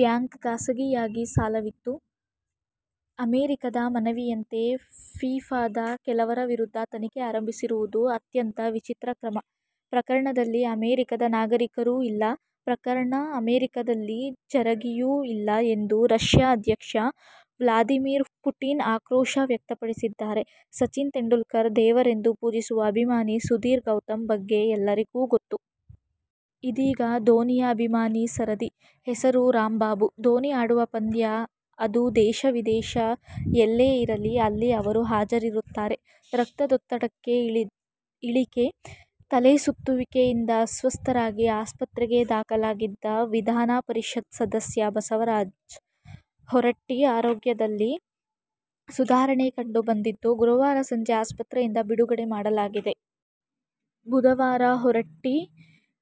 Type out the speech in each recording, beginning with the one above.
Bank, ಖಾಸಗಿಯಾಗಿ ಸಾಲವಿತ್ತು. ಅಮೆರಿಕದ ಮನವಿಯಂತೆ ಫಿಫಾದ ಕೆಲವರ ವಿರುದ್ಧ ತನಿಖೆ ಆರಂಭಿಸಿರುವುದು ಅತ್ಯಂತ ವಿಚಿತ್ರ ಕ್ರಮ. ಪ್ರಕರಣದಲ್ಲಿ ಅಮೆರಿಕದ ನಾಗರಿಕರೂ ಇಲ್ಲ, ಪ್ರಕರಣ ಅಮೆರಿಕದಲ್ಲಿ ಜರಗಿಯೂ ಇಲ್ಲ ಎಂದು ರಶ್ಯಾ ಅಧ್ಯಕ್ಷ ವ್ಲಾದಿಮಿರ್ ಪುಟಿನ್ ಆಕ್ರೋಶ ವ್ಯಕ್ತಪಡಿಸಿದ್ದಾರೆ. ಸಚಿನ್ ತೆಂಡುಲ್ಕರ್ ದೇವರೆಂದು ಪೂಜಿಸುವ ಅಭಿಮಾನಿ ಸುಧೀರ್ ಗೌತಮ್ ಬಗ್ಗೆ ಎಲ್ಲರಿಗೂ ಗೊತ್ತು. ಇದೀಗ ಧೋನಿಯ ಅಭಿಮಾನಿ ಸರದಿ. ಹೆಸರು ರಾಮ್ ಬಾಬು. ಧೋನಿ ಆಡುವ ಪಂದ್ಯ ಅದು ದೇಶ-ವಿದೇಶ ಎಲ್ಲೇ ಇರಲಿ. ಅಲ್ಲಿ ಅವರು ಹಾಜರಿರುತ್ತಾರೆ. ರಕ್ತದೊತ್ತಡ ಇಳಿಕೆ, ತಲೆಸುತ್ತುವಿಕೆಯಿಂದ ಅಸ್ವಸ್ಥರಾಗಿ ಆಸ್ಪತ್ರೆಗೆ ದಾಖಲಾಗಿದ್ದ ವಿಧಾನ ಪರಿಷತ್ ಸದಸ್ಯ ಬಸವರಾಜ ಹೊರಟ್ಟಿ ಆರೋಗ್ಯದಲ್ಲಿ ಸುಧಾರಣೆ ಕಂಡು ಬಂದಿದ್ದು, ಗುರುವಾರ ಸಂಜೆ ಆಸ್ಪತ್ರೆಯಿಂದ ಬಿಡುಗಡೆ ಮಾಡಲಾಗಿದೆ. ಬುಧವಾರ ಹೊರಟ್ಟಿ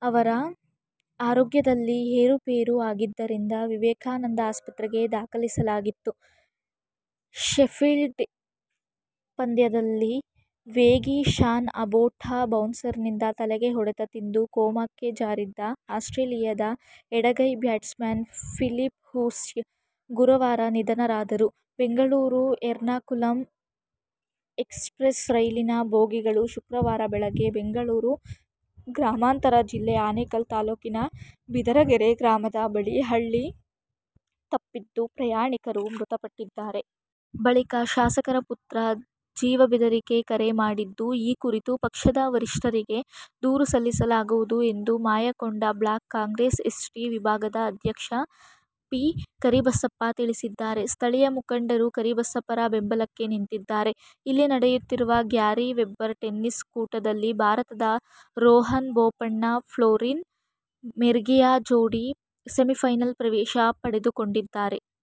ಅವರ ಆರೋಗ್ಯದಲ್ಲಿ ಏರುಪೇರು ಆಗಿದ್ದರಿಂದ ವಿವೇಕಾನಂದ ಆಸ್ಪತ್ರೆಗೆ ದಾಖಲಿಸಲಾಗಿತ್ತು. ಶೆಫೀಲ್ಡ್ಶೀಲ್ಡ್ ಪಂದ್ಯದಲ್ಲಿ ವೇಗಿ ಶಾನ್ ಅಬೋಟ್ ಬೌನ್ಸರ್ನಿಂದ ತಲೆಗೆ ಹೊಡೆತ ತಿಂದು ಕೋಮಾಕ್ಕೆ ಜಾರಿದ್ದ ಆಸ್ಟ್ರೇಲಿಯದ ಎಡಗೈ ಬ್ಯಾಟ್ಸ್ಮನ್ ಫಿಲಿಪ್ ಹ್ಯೂಸ್ ಗುರುವಾರ ನಿಧನರಾದರು. ಬೆಂಗಳೂರು-ಎರ್ನಾಕುಲಂ ಎಕ್ಸ್ಪ್ರಸ್ ರೈಲಿನ ಬೋಗಿಗಳು ಶುಕ್ರವಾರ ಬೆಳಗ್ಗೆ ಬೆಂಗಳೂರು ಗ್ರಾಮಾಂತರ ಜಿಲ್ಲೆ ಆನೇಕಲ್ ತಾಲೂಕಿನ ಬಿದರಗೆರೆ ಗ್ರಾಮದ ಬಳಿ ಹಳಿ ತಪ್ಪಿದ್ದು, ಪ್ರಯಾಣಿಕರು ಮೃತಪಟ್ಟಿದ್ದಾರೆ. ಬಳಿಕ ಶಾಸಕರ ಪುತ್ರ ಜೀವಬೆದರಿಕೆ ಕರೆ ಮಾಡಿದ್ದು, ಈ ಕುರಿತು ಪಕ್ಷದ ವರಿಷ್ಠರಿಗೆ ದೂರು ಸಲ್ಲಿಸಲಾಗುವುದು ಎಂದು ಮಾಯಕೊಂಡ ಬ್ಲಾಕ್ ಕಾಂಗ್ರೆಸ್ ಎಸ್ಟಿ ವಿಭಾಗದ ಅಧ್ಯಕ್ಷ ಪಿ. ಕರಿಬಸಪ್ಪ ತಿಳಿಸಿದ್ದಾರೆ. ಸ್ಥಳೀಯ ಮುಖಂಡರು ಕರಿಬಸಪ್ಪರ ಬೆಂಬಲಕ್ಕೆ ನಿಂತಿದ್ದಾರೆ. ಇಲ್ಲಿ ನಡೆಯುತ್ತಿರುವ ಗ್ಯಾರಿ ವೆಬ್ಬರ್ ಟೆನ್ನಿಸ್ ಕೂಟದಲ್ಲಿ ಭಾರತದ ರೋಹನ್ ಬೋಪಣ್ಣ ಫ್ಲೋರಿನ್ ಮೆರ್ಗಿಯಾ ಜೋಡಿ ಸೆಮಿಫೈನಲ್ ಪ್ರವೇಶ ಪಡೆದುಕೊಂಡಿದ್ದಾರೆ.